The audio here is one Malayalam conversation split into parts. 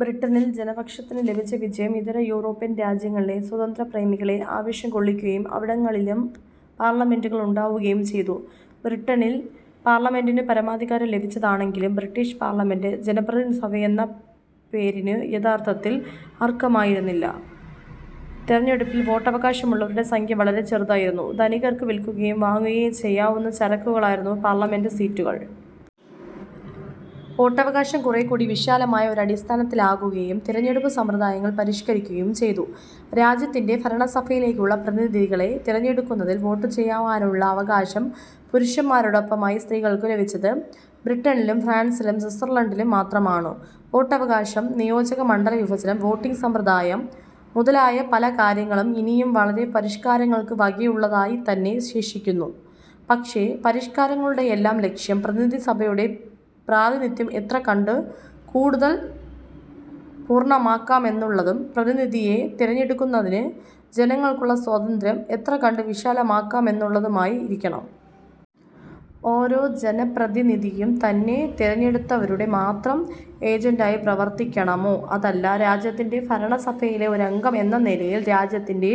ബ്രിട്ടനിൽ ജനപക്ഷത്തിനു ലഭിച്ച വിജയം ഇതര യൂറോപ്യൻ രാജ്യങ്ങളിലെ സ്വാതന്ത്ര്യപ്രേമികളെ ആവേശംകൊള്ളിക്കുകയും അവിടങ്ങളിലും പാർലമെന്റുകൾ ഉണ്ടാവുകയും ചെയ്തു. ബ്രിട്ടനിൽ പാർലമെന്റിനു പരമാധികാരം ലഭിച്ചതാണെങ്കിലും ബ്രിട്ടീഷ് പാർലമെന്റ് ജനപ്രതിനിധിസഭയെന്ന പേരിനു യഥാർത്ഥത്തിൽ അർഹമായിരുന്നില്ല. തെരഞ്ഞെടുപ്പിൽ വോട്ടവകാശമുള്ളവരുടെ സംഖ്യ വളരെ ചെറുതായിരുന്നു. ധനികർക്കു വിൽക്കുകയും വാങ്ങുകയും ചെയ്യാവുന്ന ചരക്കുകളായിരുന്നു പാർലമെന്റു സീറ്റുകൾ. വോട്ടവകാശം കുറേക്കൂടി വിശാലമായ ഒരടിസ്ഥാനത്തിലാക്കുകയും തെരഞ്ഞെടുപ്പുസമ്പ്രദായങ്ങൾ പരിഷ്കരിക്കുകയും ചെയ്തു. രാജ്യത്തിന്റെ ഭരണസഭയിലേക്കുള്ള പ്രതിനിധികളെ തെരഞ്ഞെടുക്കുന്നതിൽ വോട്ടുചെയ്യുവാനുള്ള അവകാശം പുരുഷന്മാരോടൊപ്പമായി സ്ത്രീകൾക്കു ലഭിച്ചത്, ബ്രിട്ടനിലും, ഫ്രാൻസിലും, സ്വിറ്റ്സർലണ്ടിലും മാത്രമാണു. വോട്ടവകാശം, നിയോജകമണ്ഡലവിഭജനം, വോട്ടിങ്ങ് സമ്പ്രദായം മുതലായ പലകാര്യങ്ങളും ഇനിയും വളരെ പരിഷ്കാരങ്ങൾക്കു വകയുള്ളതായിത്തന്നെ ശേഷിക്കുന്നു. പക്ഷെ, പരിഷ്കാരങ്ങളുടെയെല്ലാം ലക്ഷ്യം പ്രതിനിധിസഭയുടെ പ്രാതിനിധ്യം എത്രകണ്ടു കൂടുതൽ പൂർണ്ണമാക്കാമെന്നുള്ളതും പ്രതിനിധിയെ തെരഞ്ഞെടുക്കുന്നതിനു ജനങ്ങൾക്കുള്ള സ്വാതന്ത്ര്യം എത്രകണ്ടു വിശാലമാക്കാമെന്നുള്ളതുമായിരിക്കണം. ഓരോ ജനപ്രതിനിധിയും, തന്നെ തെരഞ്ഞെടുത്തവരുടെ മാത്രം ഏജന്റായി പ്രവർത്തിക്കണമോ, അതല്ല രാജ്യത്തിന്റെ ഭരണസഭയിലെ ഒരംഗം എന്ന നിലയിൽ രാജ്യത്തിന്റെ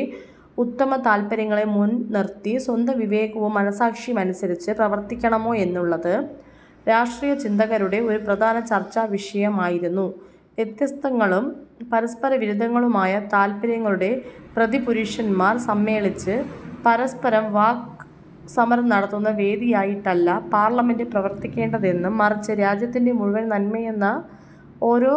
ഉത്തമതാല്പര്യങ്ങളെ മുൻ നിർത്തി സ്വന്തം വിവേകവും മനസാക്ഷിയുമനുസരിച്ച് പ്രവർത്തിക്കണമോ എന്നുള്ളത് രാഷ്ട്രീയ ചിന്തകരുടെ ഒരു പ്രധാന ചർച്ചാവിഷയമായിരുന്നു. വ്യത്യസ്തങ്ങളും പരസ്പരവിരുദ്ധങ്ങളുമായ താൽപര്യങ്ങളുടെ പ്രതിപുരുഷന്മാർ സമ്മേളിച്ചു പരസ്പരം വാക് സമരം നടത്തുന്ന വേദിയായിട്ടല്ല പാർലമെന്റ് പ്രവർത്തിക്കേണ്ടതെന്നും മറിച്ച് രാജ്യത്തിന്റെ മുഴുവൻ നന്മയെന്ന ഒരേ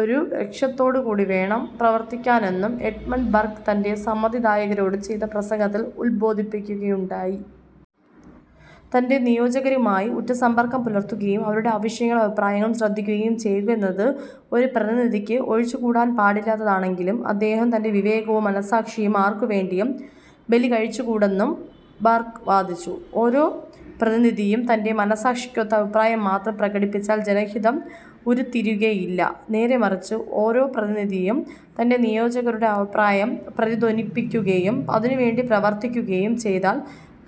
ഒരു ലക്ഷ്യത്തോടുകൂടിവേണം പ്രവർത്തിക്കാനെന്നും എഡ്മണ്ട് ബർക്ക് തന്റെ സമ്മതിദായകരോടു ചെയ്ത പ്രസംഗത്തിൽ ഉൽബോധിപ്പിക്കുകയുണ്ടായി. തന്റെ നിയോജകരുമായി ഉറ്റസമ്പർക്കം പുലർത്തുകയും അവരുടെ ആവശ്യങ്ങളും അഭിപ്രായങ്ങളും ശ്രദ്ധിക്കുകയും ചെയ്യുകയെന്നത് ഒരു പ്രതിനിധിക്ക് ഒഴിച്ചുകൂടാൻ പാടില്ലാത്തതാണെങ്കിലും അദ്ദേഹം തന്റെ വിവേകവും മനസാക്ഷിയും ആർക്കുവേണ്ടിയും ബലികഴിച്ചുകൂടെന്നും ബർക്ക് വാദിച്ചു. ഓരോ പ്രതിനിധിയും തന്റെ മനസാക്ഷിക്കൊത്ത അഭിപ്രായം മാത്രം പ്രകടിപ്പിച്ചാൽ ജനഹിതം ഉരുത്തിരിയുകയില്ല; നേരെമറിച്ച് ഓരോ പ്രതിനിധിയും തന്റെ നിയോജകരുടെ അഭിപ്രായം പ്രതിധ്വനിപ്പിക്കുകയും അതിനുവേണ്ടി പ്രവർത്തിക്കുകയും ചെയ്താൽ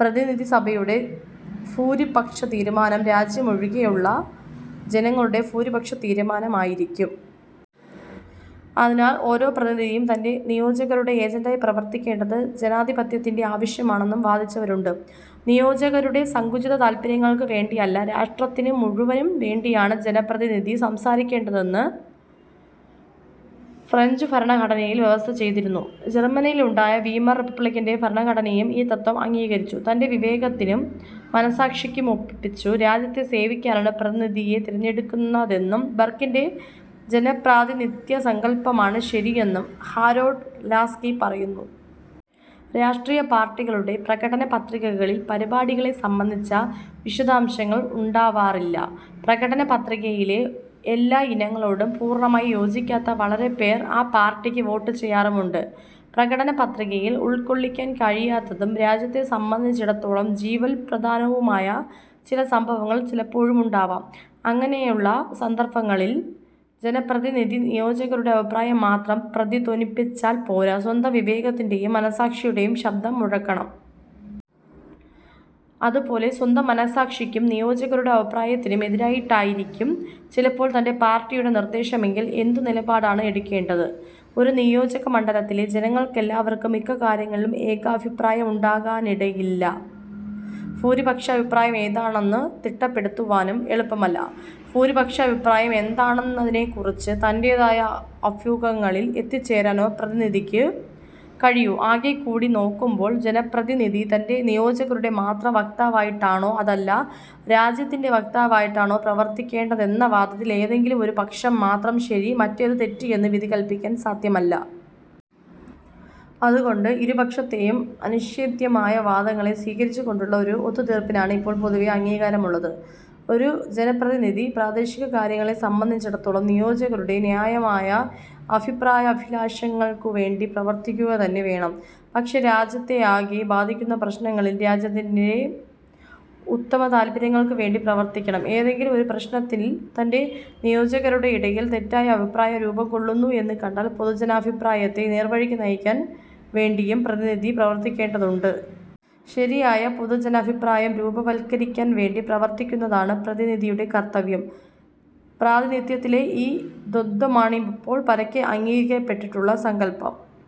പ്രതിനിധിസഭയുടെ ഭൂരിപക്ഷതീരുമാനം രാജ്യമാകെയുള്ള ജനങ്ങളുടെ ഭൂരിപക്ഷതീരുമാനമായിരിക്കും. അതിനാൽ ഓരോ പ്രതിനിധിയും തന്റെ നിയോജകരുടെ ഏജന്റായി പ്രവർത്തിക്കേണ്ടത് ജനാധിപത്യത്തിന്റെ ആവശ്യമാണെന്നും വാദിച്ചവരുണ്ട്. നിയോജകരുടെ സങ്കുചിതതാല്പര്യങ്ങൾക്കു വേണ്ടിയല്ല, രാഷ്ട്രത്തിനു മുഴുവനും വേണ്ടിയാണു ജനപ്രതിനിധി സംസാരിക്കേണ്ടതെന്ന് ഫ്രഞ്ചുഭരണഘടനയിൽ വ്യവസ്ഥചെയ്തിരുന്നു. ജർമ്മനിയിലുണ്ടായ വീമർ റിപ്പബ്ലിക്കിന്റെ ഭരണഘടനയും ഈ തത്ത്വം അംഗീകരിച്ചു. തന്റെ വിവേകത്തിനും മനസാക്ഷിക്കുമൊപ്പിച്ചു രാജ്യത്തെ സേവിക്കാനാണു പ്രതിനിധിയെ തെരഞ്ഞെടുക്കുന്നതെന്നും, ബർക്കിന്റെ ജനപ്രാതിനിധ്യസങ്കല്പമാണു ശരിയെന്നും ഹാരോൾഡ് ലാസ്കി പറയുന്നു. രാഷ്ട്രീയ പാർട്ടികളുടെ പ്രകടനപത്രികകളിൽ പരിപാടികളെ സംബന്ധിച്ച വിശദാംശങ്ങൾ ഉണ്ടാവാറില്ല. പ്രകടനപത്രികയിലെ എല്ലാ ഇനങ്ങളോടും പൂർണ്ണമായി യോജിക്കാത്ത വളരെപ്പേർ ആ പാർട്ടിക്ക് വോട്ടു ചെയ്യാറുമുണ്ട്. പ്രകടനപത്രികയിൽ ഉൾക്കൊള്ളിക്കാൻ കഴിയാത്തതും, രാജ്യത്തെ സംബന്ധിച്ചിടത്തോളം ജീവൽ പ്രധാനവുമായ ചില സംഭവങ്ങൾ ചിലപ്പോഴുണ്ടാവാം. അങ്ങനെയുള്ള സന്ദർഭങ്ങളിൽ ജനപ്രതിനിധി നിയോജകരുടെ അഭിപ്രായം മാത്രം പ്രതിധ്വനിപ്പിച്ചാൽ പോരാ, സ്വന്തം വിവേകത്തിന്റേയും മനസാക്ഷിയുടെയും ശബ്ദം മുഴക്കണം. അതുപോലെ സ്വന്തം മനസാക്ഷിക്കും, നിയോജകരുടെ അഭിപ്രായത്തിനും എതിരായിട്ടായിരിക്കും ചിലപ്പോൾ തന്റെ പാർട്ടിയുടെ നിർദ്ദേശമെങ്കിൽ എന്തു നിലപാടാണു എടുക്കേണ്ടത്? ഒരു നിയോജകമണ്ഡലത്തിലെ ജനങ്ങൾക്കെല്ലാവർക്കും മിക്ക കാര്യങ്ങളിലും ഏകാഭിപ്രായമുണ്ടാകാനിടയില്ല. ഭൂരിപക്ഷാഭിപ്രായം എന്താണെന്നു തിട്ടപ്പെടുത്തുവാനും എളുപ്പമല്ല. ഭൂരിപക്ഷാഭിപ്രായം എന്താണെന്നുള്ളതിനെക്കുറിച്ച് തന്റേതായ അഭ്യൂഹങ്ങളിൽ എത്തിച്ചേരാനേ പ്രതിനിധിക്കു കഴിയൂ. ആകെക്കൂടി നോക്കുമ്പോൾ, ജനപ്രതിനിധി തന്റേ നിയോജകരുടെ മാത്രം വക്താവായിട്ടാണോ, അതല്ല രാജ്യത്തിന്റേ വക്താവായിട്ടാണോ പ്രവർത്തിക്കേണ്ടതെന്ന വാദത്തിൽ ഏതെങ്കിലും ഒരുപക്ഷം മാത്രം ശരി, മറ്റേതു തെറ്റ് എന്നു വിധികല്പിക്കാൻ സാദ്ധ്യമല്ല. അതുകൊണ്ട് ഇരുപക്ഷത്തേയും അനിഷേദ്ധ്യമായ വാദങ്ങളെ സ്വീകരിച്ചുകൊണ്ടുള്ള ഒരു ഒത്തുതീർപ്പിനാണു ഇപ്പോൾ പൊതുവേ അംഗീകാരമുള്ളത്. ഒരു ജനപ്രതിനിധി പ്രാദേശികകാര്യങ്ങളെ സംബന്ധിച്ചിടത്തോളം നിയോജകരുടെ ന്യായമായ അഭിപ്രായാഭിലാഷങ്ങൾക്കുവേണ്ടി പ്രവർത്തിക്കുകതന്നെ വേണം; പക്ഷേ രാജ്യത്തെയാകെ ബാധിക്കുന്ന പ്രശ്നങ്ങളിൽ രാജ്യത്തിന്റെ ഉത്തമതാല്പര്യങ്ങൾക്കു വേണ്ടി പ്രവർത്തിക്കണം. ഏതെങ്കിലും ഒരു പ്രശ്നത്തിൽ തന്റെ നിയോജകരുടെയിടയിൽ തെറ്റായ അഭിപ്രായം രൂപംകൊള്ളുന്നു എന്നു കണ്ടാൽ പൊതുജനാഭിപ്രായത്തെ നേർവഴിക്കു നയിക്കാൻ വേണ്ടിയും പ്രതിനിധി പ്രവർത്തിക്കേണ്ടതുണ്ട്. ശരിയായ പൊതുജനാഭിപ്രായം രൂപവൽക്കരിക്കാൻ വേണ്ടി പ്രവർത്തിക്കുന്നതാണു പ്രതിനിധിയുടെ കർത്തവ്യം. പ്രാതിനിധ്യത്തിലെ ഈ ദ്വന്ദ്വത്വമാണിപ്പോൾ പരക്കെ അംഗീകരിക്കപ്പെട്ടിട്ടുള്ള സങ്കല്പം.